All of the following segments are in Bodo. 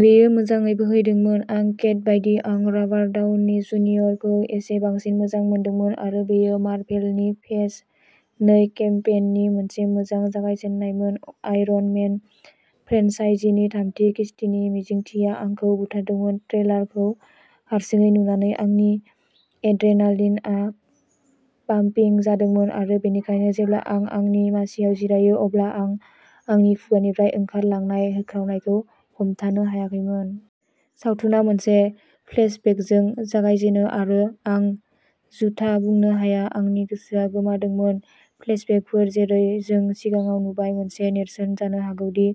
बेयो मोजाङै बोहैदोंमोन। आं केट बायदि आं रबार्ट डाउनि जुनियरखौ एसे बांसिन मोजां मोनदोंमोन आरो बेयो मारभेलनि फेज नै केम्पेइननि मोनसे मोजां जागायजेन्नायमोन। आयरन मेन फ्रेन्चाइजीनि थामथि किस्तिनि मिजिंथिया आंखौ बुथारदोंमोन, ट्रेलारखौ हारसिङै नुनानै आंनि एड्रेनालिनआ पाम्पिं जादोंमोन, आरो बेनिखायनो जेब्ला आं आंनि मासिआव जिरायो, अब्ला आं आंनि खुगानिफ्राय ओंखारलांनाय होख्रावनायखौ हमथानो हायाखैमोन। सावथुना मोनसे फ्लेशबेकजों जागायजेनो आरो आं झूथा बुंनो हाया, आंनि गोसोआ गोमादोंमोन। फ्लेशबेकफोर, जेरै जों सिगाङाव नुबाय, मोनसे नेरसोन जानो हागौ दि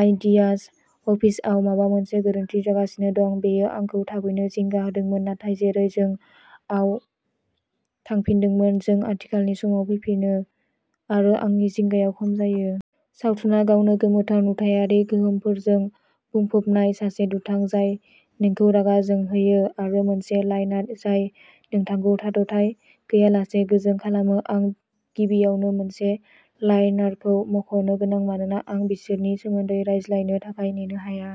आइडियाज अफिसआव माबा मोनसे गोरोन्थि जागासिनो दं। बेयो आंखौ थाबैनो जिंगा होदोंमोन नाथाय जेरै जों आव थांफिनदोंमोन, जों आथिखालनि समाव फैफिनो आरो आंनि जिंगाया खम जायो। सावथुना गावनो गोमोथाव नुथायारि गोहोमफोरजों बुंफबनाय, सासे दुथां जाय नोंखौ रागा जोंहोयो आरो मोनसे लाइनार जाय नोंथांखौ थाद'थाय गैयालासे गोजों खालामो। आं गिबियावनो मोनसे लाइनारखौ मख'नो गोनां मानोना आं बिसोरनि सोमोन्दै रायज्लायनो थाखाय नेनो हाया।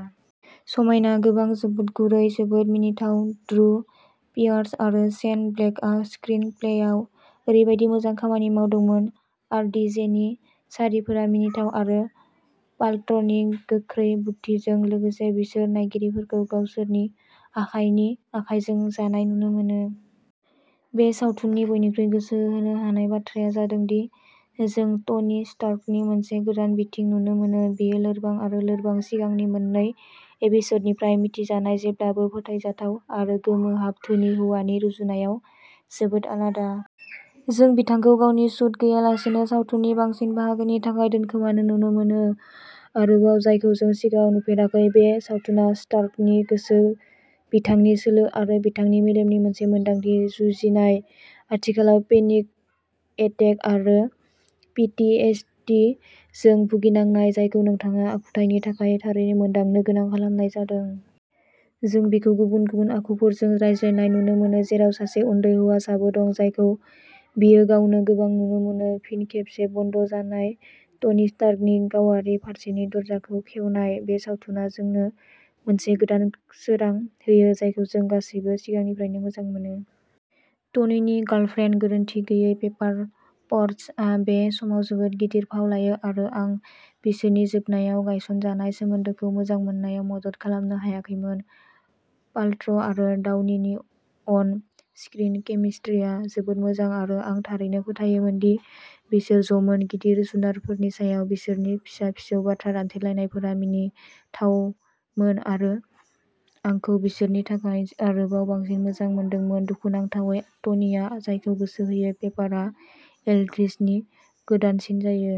समायना। गोबां, जोबोद गुरै, जोबोद मिनिथाव। ड्रु पियार्स आरो शेन ब्लेकआ स्क्रिन प्लेआव ओरैबायदि मोजां खामानि मावदोंमोन, आरडिजेनि सारिफोरा मिनिथाव, आरो पाल्ट्र'नि गोख्रै बुद्दिजों लोगोसे, बिसोर नायगिरिफोरखौ गावसोरनि आखाइनि आखाइजों जानाय नुनो मोनो।। बे सावथुननि बयनिख्रुइ गोसो बोनो हानाय बाथ्राया जादों दि जों टनि स्टार्कनि मोनसे गोदान बिथिं नुनो मोनो, बियो लोरबां आरो लोरबां; सिगांनि मोन्नै एपिस'डनिफ्राय मिथिजानाय जेब्लाबो फोथायजाथाव आरो गोमोहाब धोनि हौवानि रुजुनायाव जोबोद आलादा। जों बिथांखौ गावनि सुट गैयालासेबो सावथुननि बांसिन बाहागोनि थाखाय दोनखोमानो नुनो मोनो, आरोबाव जायखौ जों सिगाङाव नुफेराखै। बे सावथुना स्टार्कनि गोसो, बिथांनि सोलो आरो बिथांनि मेलेमनि मोनसे मोनदांथि। जुजिनाय; आथिखालाव पेनिक एटेक आरो पि पी एस टी जों भुगिनांनाय, जायखौ नोंथाङा आखुथायनि थाखाय थारैनो मोनदांनो गोनां खालामनाय जादों। जों बिखौ गुबुन गुबुन आखुफोरजों रायज्लायनाय नुनो मोनो, जेराव सासे उन्दै हौवासाबो दं-जायखौ बियो गावनो गोबां नुनो मोनो; फिन खेबसे बन्द जानाय टनि स्टार्कनि गावारि फारसेनि दरजाखौ खेवनाय। बे सावथुना जोंनो मोनसे गोदान सोरां होयो, जायखौ जों गासैबो सिगांनिफ्रायनो मोजां मोनो। टनिनि गार्लफ्रेन्ड, गोरोनथि गैयै पेपार पट्स आ बे समाव जोबोद गिदिर फाव लायो आरो आं बिसोरनि जोबनायाव गायसनजानाय सोमोन्दोखौ मोजां मोननायाव मदद खालामनो हायाखैमोन। पाल्ट्र'आरो डाउनिनि अन स्क्रिन केमिस्ट्रिया जोबोद मोजां आरो आं थारैनो फोथायोमोन दि बिसोर ज'मोन; गिदिर जुनारफोरनि सायाव बिसोरनि फिसा-फिसौ बाथ्रा दान्थेलायनायफोरा मिनिथावमोन आरो आंखौ बिसोरनि थाखाय आरोबाव बांसिन मोजां मोनदोंमोन। दुखुनांथावै, टनिआ जायखौ गोसो होयो, पेपारआ एल्ड्रिचनि गोदानसिन जायो।